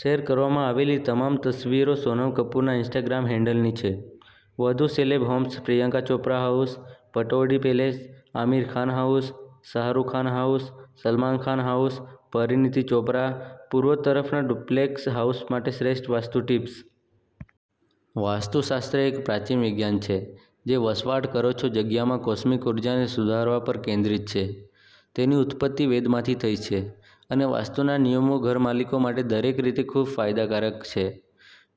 Share કરવામાં આવેલી તમામ તસવીરો સોનમ કપૂરના ઈન્સ્ટાગ્રામ હેન્ડલની છે. વધુ celeb homes Priyanka Chopra house, Pataudi palace, Aamir Khan house, Shahrukh Khan house, Salman Khan house, Parineeti Chopra. પૂર્વ તરફના ડુપ્લેક્સ હાઉસ માટે શ્રેષ્ઠ વાસ્તુ ટિપ્સ. વાસ્તુશાસ્ત્ર એક પ્રાચીન વિજ્ઞાન છે, જે વસવાટ કરો છો જગ્યામાં કોસ્મિક ઊર્જાને સુધારવા પર કેન્દ્રિત છે. તેની ઉત્પત્તિ વેદમાંથી થઈ છે અને વાસ્તુના નિયમો ઘરમાલિકો માટે દરેક રીતે ખૂબ ફાયદાકારક છે.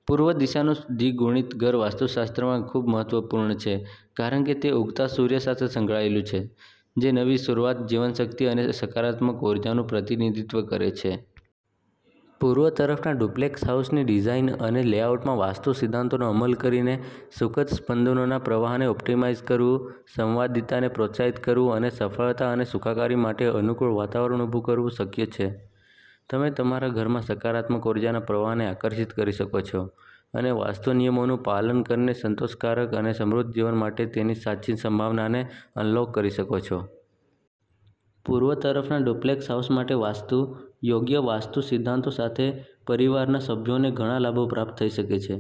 પૂર્વ દિશાનું દ્વિગુણિત ઘર વાસ્તુશાસ્ત્રમાં ખૂબ મહત્વપૂર્ણ છે કારણ કે તે ઉગતા સૂર્ય સાથે સંકળાયેલું છે, જે નવી શરૂઆત, જીવનશક્તિ અને સકારાત્મક ઊર્જાનું પ્રતિનિધિત્વ કરે છે. પૂર્વ તરફના ડુપ્લેક્સ હાઉસની ડિઝાઇન અને લેઆઉટમાં વાસ્તુ સિદ્ધાંતોનો અમલ કરીને, સુખદ સ્પંદનોના પ્રવાહને ઑપ્ટિમાઇઝ કરવું, સંવાદિતાને પ્રોત્સાહિત કરવું અને સફળતા અને સુખાકારી માટે અનુકૂળ વાતાવરણ ઊભું કરવું શક્ય છે. તમે તમારા ઘરમાં સકારાત્મક ઊર્જાના પ્રવાહને આકર્ષિત કરી શકો છો અને વાસ્તુ નિયમોનું પાલન કરીને સંતોષકારક અને સમૃદ્ધ જીવન માટે તેની સાચી સંભાવનાને અનલૉક કરી શકો છો. પૂર્વ તરફના ડુપ્લેક્સ હાઉસ માટે વાસ્તુ. યોગ્ય વાસ્તુ સિદ્ધાંતો સાથે, પરિવારના સભ્યોને ઘણા લાભો પ્રાપ્ત થઈ શકે છે.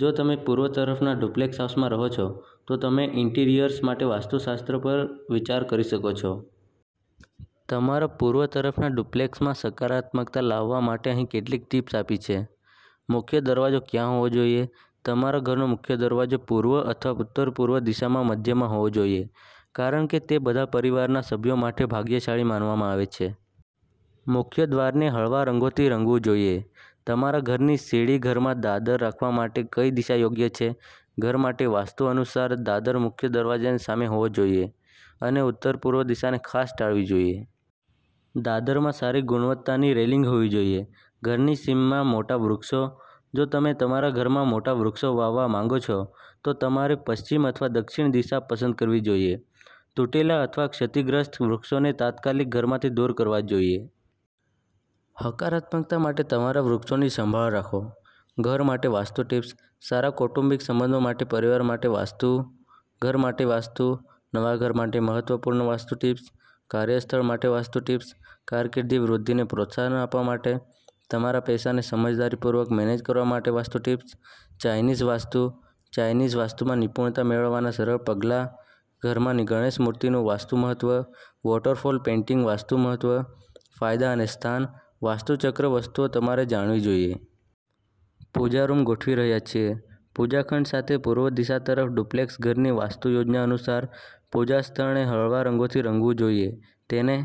જો તમે પૂર્વ તરફના ડુપ્લેક્સ હાઉસમાં રહો છો, તો તમે ઈન્ટિરિયર્સ માટે વાસ્તુશાસ્ત્ર પર વિચાર કરી શકો છો. તમારા પૂર્વ તરફના ડુપ્લેક્સમાં સકારાત્મકતા લાવવા માટે અહીં કેટલીક ટીપ્સ આપી છે. મુખ્ય દરવાજો ક્યાં હોવો જોઈએ? તમારા ઘરનો મુખ્ય દરવાજો પૂર્વ અથવા ઉત્તર-પૂર્વ દિશામાં મધ્યમાં હોવો જોઈએ કારણ કે તે બધા પરિવારના સભ્યો માટે ભાગ્યશાળી માનવામાં આવે છે. મુખ્ય દ્વારને હળવા રંગોથી રંગવું જોઈએ. તમારા ઘરની સીડી ઘરમાં દાદર રાખવા માટે કઈ દિશા યોગ્ય છે? ઘર માટે વાસ્તુ અનુસાર, દાદર મુખ્ય દરવાજાની સામે હોવો જોઈએ અને ઉત્તર-પૂર્વ દિશાને ખાસ ટાળવી જોઈએ. દાદરમાં સારી ગુણવત્તાની રેલિંગ હોવી જોઈએ. ઘરની સીમમાં મોટા વૃક્ષો. જો તમે તમારા ઘરમાં મોટા વૃક્ષો વાવવા માંગો છો, તો તમારે પશ્ચિમ અથવા દક્ષિણ દિશા પસંદ કરવી જોઈએ. તૂટેલા અથવા ક્ષતિગ્રસ્ત વૃક્ષોને તાત્કાલિક ઘરમાંથી દૂર કરવા જોઈએ. હકારાત્મકતા માટે તમારા વૃક્ષોની સંભાળ રાખો. ઘર માટે વાસ્તુ ટિપ્સ. સારા કૌટુંબિક સંબંધો માટે પરિવાર માટે વાસ્તુ, ઘર માટે વાસ્તુ, નવા ઘર માટે મહત્વપૂર્ણ વાસ્તુ ટિપ્સ, કાર્યસ્થળ માટે વાસ્તુ ટિપ્સ, કારકિર્દી વૃદ્ધિને પ્રોત્સાહન આપવા માટે, તમારા પૈસાને સમજદારીપૂર્વક મેનેજ કરવા માટે vastu tips, Chinese vastu, Chinese વાસ્તુમાં નિપુણતા મેળવવાના સરળ પગલાં, ઘરમાં ગણેશ મૂર્તિનું વાસ્તુ મહત્વ, વોટરફોલ પેઇન્ટિંગ વાસ્તુ મહત્વ, ફાયદા અને સ્થાન, વાસ્તુ ચક્ર વસ્તુઓ તમારે જાણવી જોઈએ. પૂજા રૂમ ગોઠવી રહ્યા છીએ. પૂજા ખંડ સાથે પૂર્વ દિશા તરફ ડુપ્લેક્સ ઘરની વાસ્તુ યોજના અનુસાર, પૂજા સ્થળને હળવા રંગોથી રંગવું જોઈએ. તેને